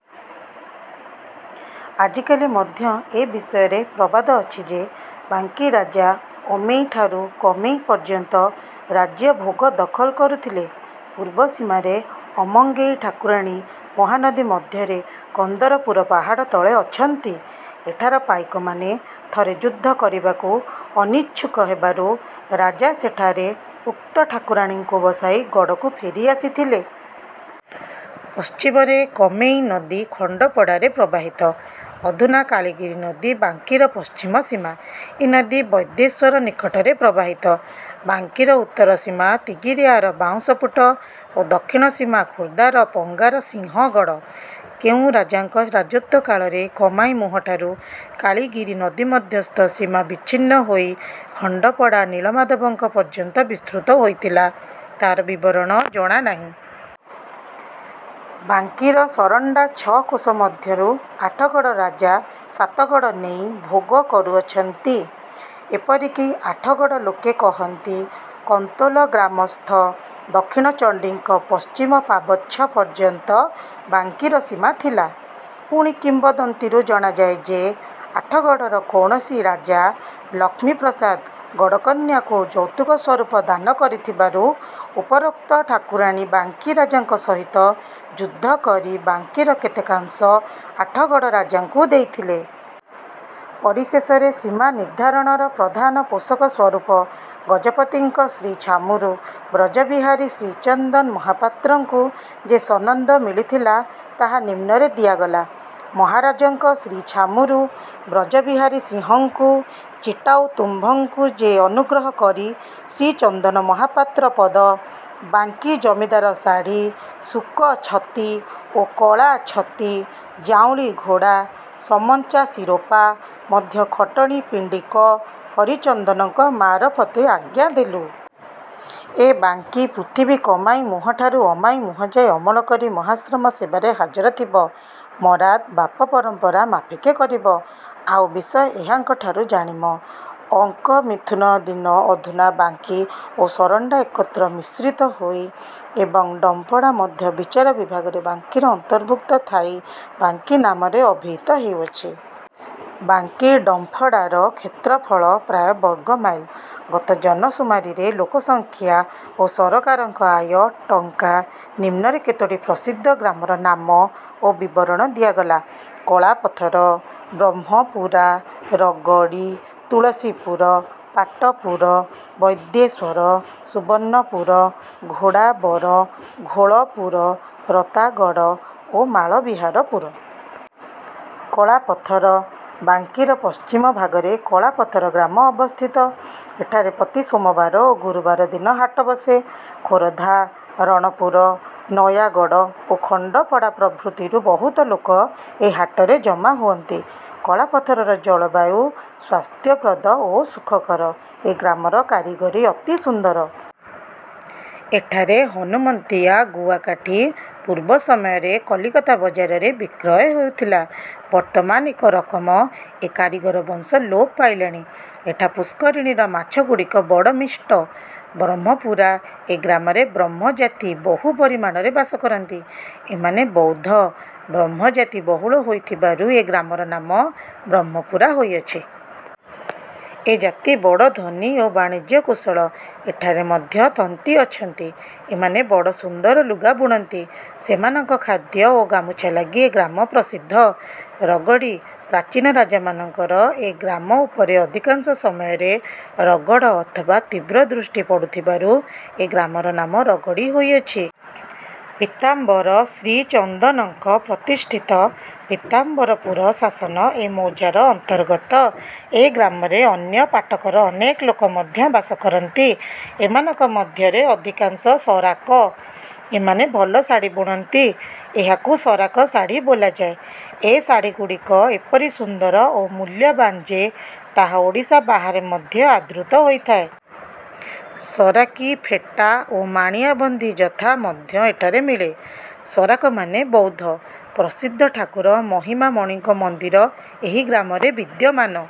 ଆଜିକାଲି ମଧ୍ୟ ଏ ବିଷୟରେ ପ୍ରବାଦ ଅଛି ଯେ, ବାଙ୍କୀରାଜା ଅମେଇଁଠାରୁ କମେଇଁ ପର୍ଯ୍ୟନ୍ତ ରାଜ୍ୟ ଭୋଗ ଦଖଲ କରୁଥିଲେ। ପୂର୍ବ ସୀମାରେ ଅମଙ୍ଗେଇ ଠାକୁରାଣୀ ମହାନଦୀ ମଧ୍ୟରେ କନ୍ଦରପୁର ପାହାଡ଼ ତଳେ ଅଛନ୍ତି। ଏଠାର ପାଇକମାନେ ଥରେ ଯୁଦ୍ଧ କରିବାକୁ ଅନିଚ୍ଛୁକ ହେବାରୁ ରାଜା ସେଠାରେ ଉକ୍ତ ଠାକୁରାଣୀଙ୍କୁ ବସାଇ ଗଡ଼କୁ ଫେରି ଆସିଥିଲେ। ପଶ୍ଚିମରେ କମେଇଁ ନଦୀ ଖଣ୍ଡପଡ଼ାରେ ପ୍ରବାହିତ। ଅଧୁନା କାଳିଗିରି ନଦୀ ବାଙ୍କୀର ପଶ୍ଚିମ ସୀମା। ଏ ନଦୀ ବୈଦ୍ୟେଶ୍ଵର ନିକଟରେ ପ୍ରବାହିତ। ବାଙ୍କୀର ଉତ୍ତର ସୀମା ତିଗିରିଆର ବାଉଁଶପୁଟ ଓ ଦକ୍ଷିଣ ସୀମା ଖୋର୍ଦ୍ଧାର ପଙ୍ଗାରସିଂହ ଗଡ଼। କେଉଁ ରାଜାଙ୍କ ରାଜତ୍ୱ କାଳରେ କମାଇଁ ମୁହଁଠାରୁ କାଳିଗିରି ନଦୀ ମଧ୍ୟସ୍ଥ ସୀମା ବିଚ୍ଛିନ୍ନ ହୋଇ ଖଣ୍ଡପଡ଼ା ନୀଳମାଧବଙ୍କ ପର୍ଯ୍ୟନ୍ତ ବିସ୍ତୃତ ହୋଇଥିଲା, ତା'ର ବିବରଣ ଜଣା ନାହିଁ। ବାଙ୍କୀର ସରଣ୍ଡା ଛଅ କୋଶ ମଧ୍ୟରୁ ଆଠଗଡ଼ ରାଜା ସାତଗଡ଼ ନେଇ ଭୋଗ କରୁଅଛନ୍ତି। ଏପରି କି ଆଠଗଡ଼ ଲୋକେ କହନ୍ତି−କନ୍ତୋଲ ଗ୍ରାମସ୍ଥ ଦକ୍ଷିଣ ଚଣ୍ଡୀଙ୍କ ପଶ୍ଚିମ ପାବଚ୍ଛ ପର୍ଯ୍ୟନ୍ତ ବାଙ୍କୀର ସୀମା ଥିଲା। ପୁଣି କିମ୍ବଦନ୍ତୀରୁ ଜଣାଯାଏ ଯେ, ଆଠଗଡ଼ର କୌଣସି ରାଜା ଲକ୍ଷ୍ମୀ ପ୍ରସାଦ ଗଡ଼ କନ୍ୟାକୁ ଯୌତୁକ ସ୍ୱରୂପ ଦାନ କରିଥିବାରୁ, ଉପରୋକ୍ତ ଠାକୁରାଣୀ ବାଙ୍କୀ ରାଜାଙ୍କ ସହିତ ଯୁଦ୍ଧ କରି ବାଙ୍କୀର କେତେକାଂଶ ଆଠଗଡ଼ ରାଜାଙ୍କୁ ଦେଇଥିଲେ। ପରିଶେଷରେ ସୀମା ନିର୍ଦ୍ଧାରଣର ପ୍ରଧାନ ପୋଷକ ସ୍ୱରୂପ ଗଜପତିଙ୍କ ଶ୍ରୀଛାମୁରୁ ବ୍ରଜବିହାରୀ ଶ୍ରୀଚନ୍ଦନ ମହାପାତ୍ରଙ୍କୁ ଯେ ସନନ୍ଦ ମିଳିଥିଲା, ତାହା ନିମ୍ନରେ ଦିଆଗଲା- ମହାରାଜଙ୍କ ଶ୍ରୀଛାମୁରୁ ବ୍ରଜବିହାରୀ ସିଂହଙ୍କୁ ଚିଟାଉ ତୁମ୍ଭଙ୍କୁ ଯେ ଅନୁଗ୍ରହ କରି ଶ୍ରୀଚନ୍ଦନ ମହାପାତ୍ର ପଦ, ବାଙ୍କୀ ଜମିଦାର ଶାଢ଼ି, ଶୁକ ଛତି ଓ କଳା ଛତି, ଯାଉଁଳି ଘୋଡ଼ା, ସମଞ୍ଚା ଶିରୋପା ମଧ୍ୟ ଖଟଣୀ ପିଣ୍ଡିକ ହରିଚନ୍ଦନଙ୍କ ମାରଫତେ ଆଜ୍ଞା ଦେଲୁ। ଏ ବାଙ୍କୀ ପୃଥିବୀ କମାଇଁ ମୁହଁଠାରୁ ଅମାଇଁ ମୁହଁଯାଏ ଅମଳ କରି ମହାଶ୍ରମ ସେବାରେ ହାଜରଥିବ। ମରାତ୍ ବାପ ପରମ୍ପରା ମାଫିକେ କରିବ। ଆଉ ବିଷୟ ଏହାଙ୍କଠାରୁ ଜାଣିମ। "ଅ ଙ୍କ ମିଥୁନ ଦି ନ'' ଅଧୁନା ବାଙ୍କୀ ଓ ସରଣ୍ଡା ଏକତ୍ର ମିଶ୍ରିତ ହୋଇ ଏବଂ ଡମ୍ପଡ଼ା ମଧ୍ୟ ବିଚାର ବିଭାଗରେ ବାଙ୍କୀର ଅନ୍ତର୍ଭୁକ୍ତ ଥାଇ ବାଙ୍କୀ ନାମରେ ଅଭିହିତ ହେଉଅଛି। ବାଙ୍କୀ ଡମ୍ଫଡ଼ାର କ୍ଷେତ୍ରଫଳ ପ୍ରାୟ ବର୍ଗ ମାଇଲ; ଗତ ଜନ−ସୁମାରୀରେ ଲୋକସଂଖ୍ୟା ଓ ସରକାରଙ୍କ ଆୟ ଟ. ଙ୍କା। ନିମ୍ନରେ କେତୋଟି ପ୍ରସିଦ୍ଧ ଗ୍ରାମର ନାମ ଓ ବିବରଣ ଦିଆଗଲା। କଳାପଥର, ବ୍ରହ୍ମପୁରା, ରଗଡ଼ୀ, ତୁଳସୀପୁର, ପାଟପୁର, ବୈଦ୍ୟେଶ୍ଵର, ସୁବର୍ଣ୍ଣପୁର, ଘୋଡ଼ାବର, ଘୋଳପୁର, ରତାଗଡ଼ ଓ ମାଳବିହାରପୁର। କଳାପଥର- ବାଙ୍କୀର ପଶ୍ଚିମ ଭାଗରେ କଳାପଥର ଗ୍ରାମ ଅବସ୍ଥିତ। ଏଠାରେ ପ୍ରତି ସୋମବାର ଓ ଗୁରୁବାର ଦିନ ହାଟ ବସେ। ଖୋରଧା, ରଣପୁର, ନୟାଗଡ଼ ଓ ଖଣ୍ଡପଡ଼ା ପ୍ରଭୃତିରୁ ବହୁତ ଲୋକ ଏ ହାଟରେ ଜମା ହୁଅନ୍ତି। କଳାପଥରର ଜଳବାୟୁ ସ୍ୱାସ୍ଥ୍ୟପ୍ରଦ ଓ ସୁଖକର। ଏ ଗ୍ରାମର କାରିଗରି ଅତି ସୁନ୍ଦର। ଏଠାରେ ହନୁମନ୍ତିଆ ଗୁଆକାଠି ପୂର୍ବ ସମୟରେ କଲିକତା ବଜାରରେ ବିକ୍ରୟ ହେଉଥିଲା। ବର୍ତ୍ତମାନ ଏକ ରକମ ଏ କାରିଗର ବଂଶ ଲୋପ ପାଇଲାଣି। ଏଠା ପୁଷ୍କରିଣୀର ମାଛଗୁଡ଼ିକ ବଡ଼ ମିଷ୍ଟ। ବ୍ରହ୍ମପୁରା- ଏ ଗ୍ରାମରେ ବ୍ରହ୍ମଜାତି ବହୁ ପରିମାଣରେ ବାସ କରନ୍ତି। ଏମାନେ ବୌଦ୍ଧ। ବ୍ରହ୍ମଜାତି ବହୁଳ ହୋଇଥିବାରୁ ଏ ଗ୍ରାମର ନାମ ବ୍ରହ୍ମପୁରା ହୋଇଅଛି। ଏ ଜାତି ବଡ଼ ଧନୀ ଓ ବାଣିଜ୍ୟ-କୁଶଳ। ଏଠାରେ ମଧ୍ୟ ତନ୍ତୀ ଅଛନ୍ତି। ଏମାନେ ବଡ଼ ସୁନ୍ଦର ଲୁଗା ବୁଣନ୍ତି। ସେମାନଙ୍କ ଖାଦ୍ୟ ଓ ଗାମୁଛା ଲାଗି ଏ ଗ୍ରାମ ପ୍ରସିଦ୍ଧ। ରଗଡ଼ୀ- ପ୍ରାଚୀନ ରାଜାମାନଙ୍କର ଏ ଗ୍ରାମ ଉପରେ ଅଧିକାଂଶ ସମୟରେ ରଗଡ଼ ଅଥବା ତୀବ୍ର ଦୃଷ୍ଟି ପଡ଼ୁଥିବାରୁ ଏ ଗ୍ରାମର ନାମ ରଗଡ଼ୀ ହୋଇଅଛି। ପୀତାମ୍ବର ଶ୍ରୀଚନ୍ଦନଙ୍କ ପ୍ରତିଷ୍ଠିତ ପୀତାମ୍ବରପୁର ଶାସନ ଏ ମୌଜାର ଅନ୍ତର୍ଗତ। ଏ ଗ୍ରାମରେ ଅନ୍ୟ ପାଟକର ଅନେକ ଲୋକ ମଧ୍ୟ ବାସ କରନ୍ତି। ଏମାନଙ୍କ ମଧ୍ୟରେ ଅଧିକାଂଶ ସରାକ। ଏମାନେ ଭଲ ଶାଢ଼ି ବୁଣନ୍ତି। ଏହାକୁ ସରାକ ଶାଢ଼ି ବୋଲାଯାଏ। ଏ ଶାଢ଼ିଗୁଡ଼ିକ ଏପରି ସୁନ୍ଦର ଓ ମୁଲ୍ୟବାନ୍ ଯେ, ତାହା ଓଡ଼ିଶା ବାହାରେ ମଧ୍ୟ ଆଦୃତ ହୋଇଥାଏ। ସରାକୀ ଫେଟା ଓ ମାଣିଆବନ୍ଧୀ ଯଥା ମଧ୍ୟ ଏଠାରେ ମିଳେ-। ସରାକମାନେ ବୌଦ୍ଧ। ପ୍ରସିଦ୍ଧ ଠାକୁର ମହିମାମଣିଙ୍କ ମନ୍ଦିର ଏହି ଗ୍ରାମରେ ବିଦ୍ୟମାନ।